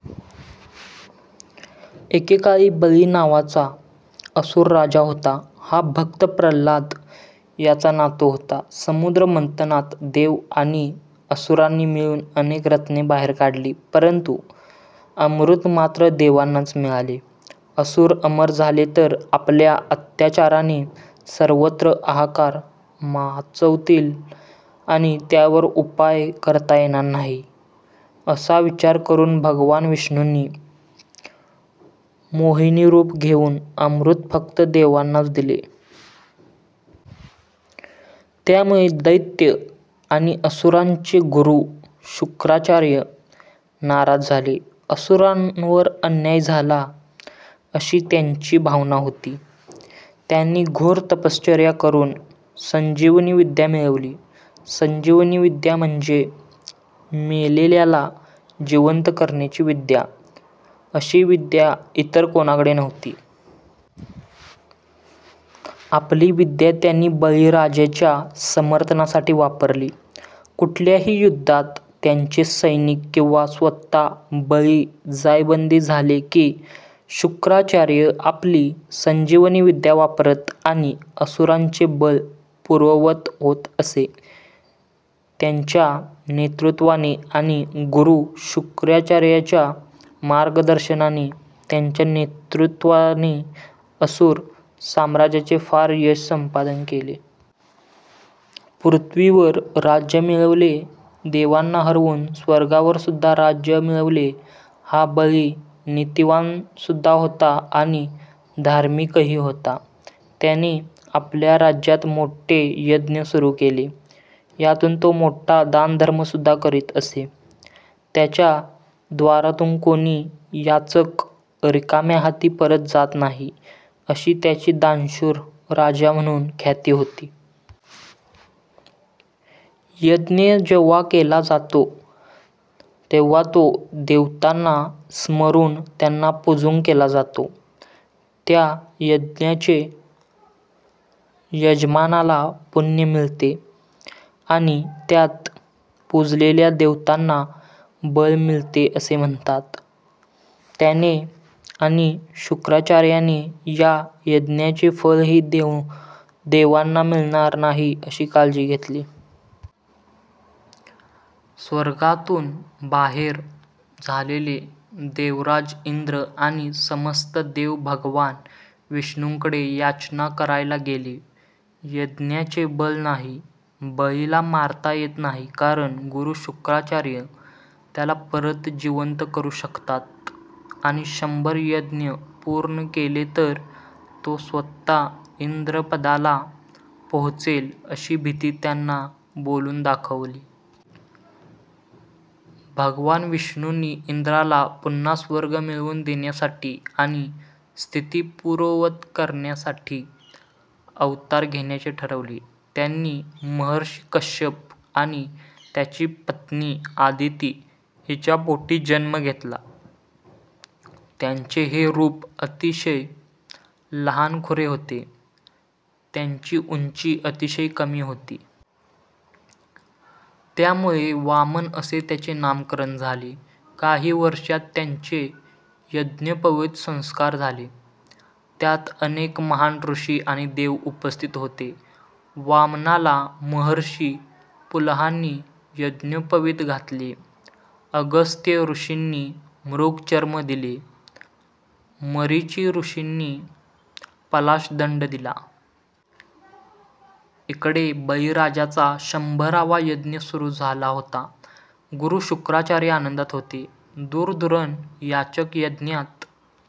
एके काळी बळी नावाचा असुर राजा होता. हा भक्त प्रल्हाद याचा नातु होता. समुद्र मंथनात देव आणि असुरांनी मिळुन अनेक रत्ने बाहेर काढली, परंतु अमृत मात्र देवांनाच मिळाले. असुर अमर झाले तर आपल्या अत्याचाराने सर्वत्र हाहाकार माचवतील आणि त्यावर उपाय करता येणार नाही असा विचार करून भगवान विष्णूंनी मोहिनी रूप घेऊन अमृत फक्त देवांनाच दिले. त्यामुळे दैत्य आणि असुरांचे गुरु शुक्राचार्य नाराज झाले. असुरांवर अन्याय झाला अशी त्यांची भावना होती. त्यांनी घोर तपश्चर्या करून संजीवनी विद्या मिळवली. संजीवनी विद्या म्हणजे मेलेल्याला जिवंत करण्याची विद्या. अशी विद्या इतर कोणाकडे नव्हती. आपली विद्या त्यांनी बळी राजाच्या समर्थनासाठी वापरली. कुठल्याही युद्धात त्यांचे सैनिक किंवा स्वतः बळी जायबंदी झाले कि शुक्राचार्य आपली संजीवनी विद्या वापरत आणि असुरांचे बळ पूर्ववत होत असे. त्याच्या नेतृत्वाने आणि गुरु शुक्राचार्यांच्या मार्गदर्शनाने त्याच्या नेतृत्वाने असुर साम्राज्याचे फार यश संपादन केले. पृथ्वीवर राज्य मिळवले, देवांना हरवुन स्वर्गावरसुद्धा राज्य मिळवले. हा बळी नीतिवान सुद्धा होता आणि धार्मिकही होता. त्याने आपल्या राज्यात मोठे यज्ञ सुरु केले. यातुन तो मोठा दानधर्म सुद्धा करीत असे. त्याच्या द्वारातुन कोणी याचक रिकाम्या हाती परत जात नाही अशी त्याची दानशूर राजा म्हणुन ख्याती होती. यज्ञ जेव्हा केला जातो तेव्हा तो देवतांना स्मरून त्यांना पुजून केला जातो. त्या यज्ञाचे यजमानाला पुण्य मिळते आणि त्यात पुजलेल्या देवतांना बळ मिळते असे म्हणतात. त्याने आणि शुक्राचार्याने या यज्ञाचे फळही देवांना मिळणार नाही अशी काळजी घेतली. स्वर्गातुन बाहेर झालेले देवराज इंद्र आणि समस्त देव भगवान विष्णूंकडे याचना करायला गेले. यज्ञाचे बळ नाही, बळीला मारता येत नाही कारण गुरु शुक्राचार्य त्याला परत जिवंत करू शकतात आणि शंभर यज्ञ पूर्ण केले तर तो स्वतः इंद्रपदाला पोहचेल अशी भीती त्यांनी बोलुन दाखवली. भगवान विष्णूंनी इंद्राला पुन्हा स्वर्ग मिळवुन देण्यासाठी आणि स्थिती पूर्ववत करण्यासाठी अवतार घेण्याचे ठरवले. त्यांनी महर्षी कश्यप आणि त्यांची पत्नी अदिती हिच्या पोटी जन्म घेतला. त्यांचे हे रूप अतिशय लहानखुरे होते. त्यांची उंची अतिशय कमी होती. त्यामुळे वामन असे त्यांचे नामकरण झाले. काही वर्षात त्यांचे यज्ञोपवीत संस्कार झाले. त्यात अनेक महान ऋषी आणि देव उपस्थित होते. वामनाला महर्षी पुलहांनी यज्ञोपवीत घातले. अगस्त्य ऋषींनी मृगचर्म दिले. मरीची ऋषींनी पलाश दंड दिला. इकडे बळीराजाचा शंभरावा यज्ञ सुरु झाला होता. गुरु शुक्राचार्य आनंदात होते. दूरदूरून याचक यज्ञात